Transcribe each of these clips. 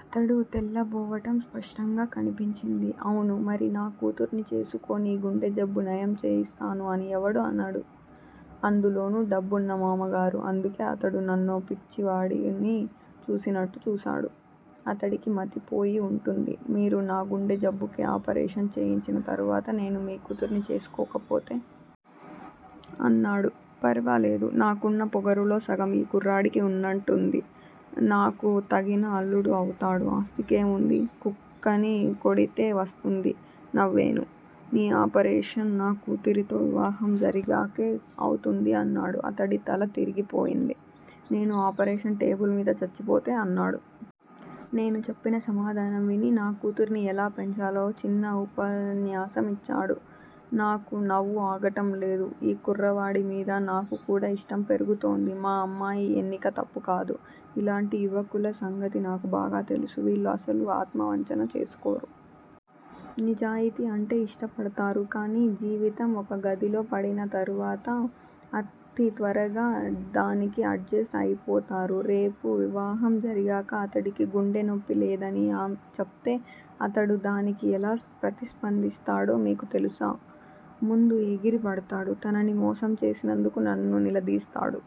అతడు తెల్లబోవటం స్పష్టంగా కనిపించింది. అవును మరి నా కూతుర్ని చేసుకో నీ గుండెజబ్బు నయం చేయిస్తాను అని ఎవడూ అనడు. అందులోనూ డబ్బున్న మామగారు అందుకే అతడు నన్నో పిచ్చివాడిని చూసినట్టు చూశాడు. అతడికి మతిపోయి వుంటుంది. మీరు నా గుండెజబ్బుకి ఆపరేషన్ చేయించిన తరువాత నేను మీ కూతుర్ని చేసుకోకపోతే? అన్నాడు. ఫర్వాలేదు నాకున్న పొగరులో సగం ఈ కుర్రాడికి వునంట్టుంది. నాకు తగిన అల్లుడు అవుతాడు. ఆస్తికేం వుంది. కుక్కని కొడితే వస్తుంది. నవ్వేను. నీ ఆపరేషన్ నా కూతురితో వివాహం జరిగాకే అవుతుంది అన్నాడు. అతడి తల తిరిగిపోయింది. నేను ఆపరేషన్ టేబుల్ మీద చచ్చిపోతే అన్నాడు. నేను చెప్పిన సమాధానం విని- నా కూతుర్ని ఎలా పెంచాలో చిన్న ఉపన్యాసం ఇచ్చాడు. నాకు నవ్వు ఆగటంలేదు. ఈ కుర్రవాడి మీద నాకు కూడా ఇష్టం పెరుగుతూంది. మా అమ్మాయి ఎన్నిక తప్పుకాదు. ఇలాంటి యువకుల సంగతి నాకు బాగా తెలుసు. వీళ్ళు అసలు ఆత్మవంచన చేసుకోరు. నిజాయితీ అంటే ఇష్టపడతారు. కానీ జీవితం ఒక గదిలో పడిన తరువాత అతి త్వరగా డానికి అడ్జెస్ట్ అయిపోతారు. రేపు వివాహం జరిగాక అతడికి గుండె నొప్పి లేదని చెప్తే అతడు దానికి ఎలా ప్రతిస్పందిస్తాడో మీకు తెలుసా? ముందు ఎగిరిపడుతాడు. తనని మోసం చేసినందుకు నన్ను నిలదీస్తాడు.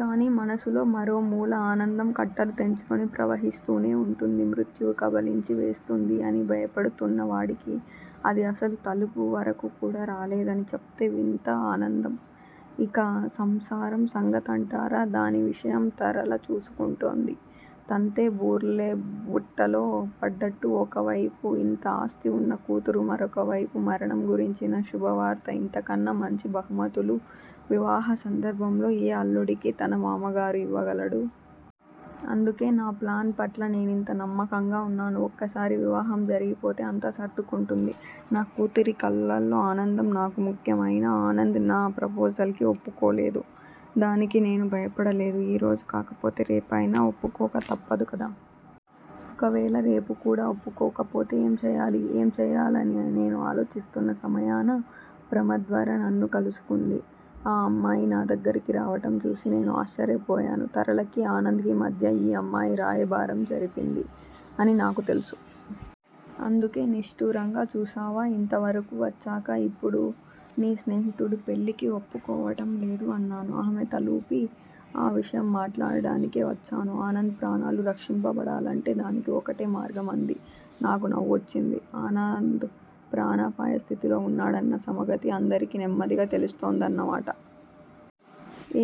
కానీ మనసులో మరో మూల ఆనందం కట్టలు తెంచుకుని ప్రవహిస్తూనే వుంటుంది. మృత్యువు కబళించివేస్తూంది అని భయపడుతూన్న వాడికి, అది అసలు తలుపు వరకూ కూడా రాలేదని చెప్తే వింత ఆనందం! ఇక సంసారం సంగతంటారా- దాని విషయం తరళ చూసుకుంటూంది. తంతే బూర్లె బుట్టలో పడ్డట్టు ఒకవైపు ఇంత ఆస్థివున్న కూతురు మరొకవైపు మరణం గురించిన శుభవార్త ఇంతకన్నా మంచి బహుమతులు వివాహసందర్భంలో ఏ అల్లుడికి తన మామగారు ఇవ్వగలడు? అందుకే నా ప్లాన్ పట్ల నేనింత నమ్మకంగా వున్నాను. ఒక్కసారి వివాహం జరిగిపోతే అంతా సర్దుకుంటుంది. నా కూతురి కళ్ళల్లో ఆనందం నాకు ముఖ్యం. అయినా ఆనంద్ నా ప్రపోజల్ కి వప్పుకోలేదు. దానికి నేను భయపడలేదు. ఈ రోజు కాకపోతే రేపయినా వప్పుకోక తప్పదు కదా! ఒకవేళ రేపు కూడా వప్పుకోకపోతే ఏం చెయ్యాలి? ఏం చెయ్యాలని నేను ఆలోచిస్తున్న సమయాన ప్రమద్వర నన్ను కలుసుకుంది. ఆ అమ్మాయి నా దగ్గిరికి రావటం చూసి నేను ఆశ్చర్యపోయాను. తరళకి ఆనంద్ కి మధ్య ఈ అమ్మాయి రాయబారం జరిపింది అని నాకు తెలుసు. అందుకే నిష్టూరంగా చూశావా-ఇంతవరకూ వచ్చాక ఇప్పుడు నీ స్నేహితుడు పెళ్ళికి వప్పుకోవటం లేదు అన్నాను. ఆమె తలూపి, ఆ విషయం మాట్లాడటానికే వచ్చాను. ఆనంద్ ప్రాణాలు రక్షింపబడాలంటే దానికి ఒకటే మార్గం అంది. నాకు నవ్వొచ్చింది. ఆనంద్ ప్రాణాపాయస్థితిలో వున్నాడన్న సమగతి అందరికీ నెమ్మదిగా తెలిస్తూందన్నమాట.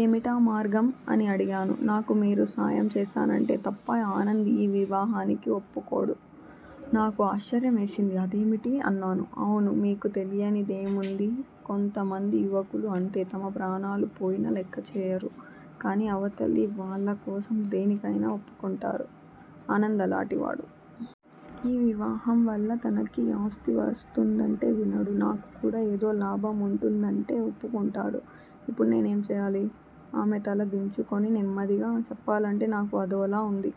ఏమిటా మార్గం? అని అడిగాను. నాకు మీరు సాయం చేస్తానంటే తప్ప ఆనంద్ ఈ వివాహానికి వప్పుకోడు. నాకు ఆశ్చర్యమేసింది. అదేమిటి? అన్నాను. అవును మీకు తెలియనిదేముంది? కొంతమంది యువకులు అంతే. తమ ప్రాణాలు పోయినా లెక్కచేయరు. కానీ అవతలివాళ్ళ కోసం దేనికైనా వప్పుకుంటారు. ఆనంద్ అలాటివాడు. ఈ వివాహంవల్ల తనకి ఆస్తి వస్తుందంటే వినడు. నాకు కూడా ఏదో లాభం వుంటుందంటే వప్పుకుంటాడు. ఇప్పుడు నేనేం చెయ్యాలి? ఆమె తలదించుకుని నెమ్మదిగా, చెప్పాలంటే నాకూ అదోలా వుంది.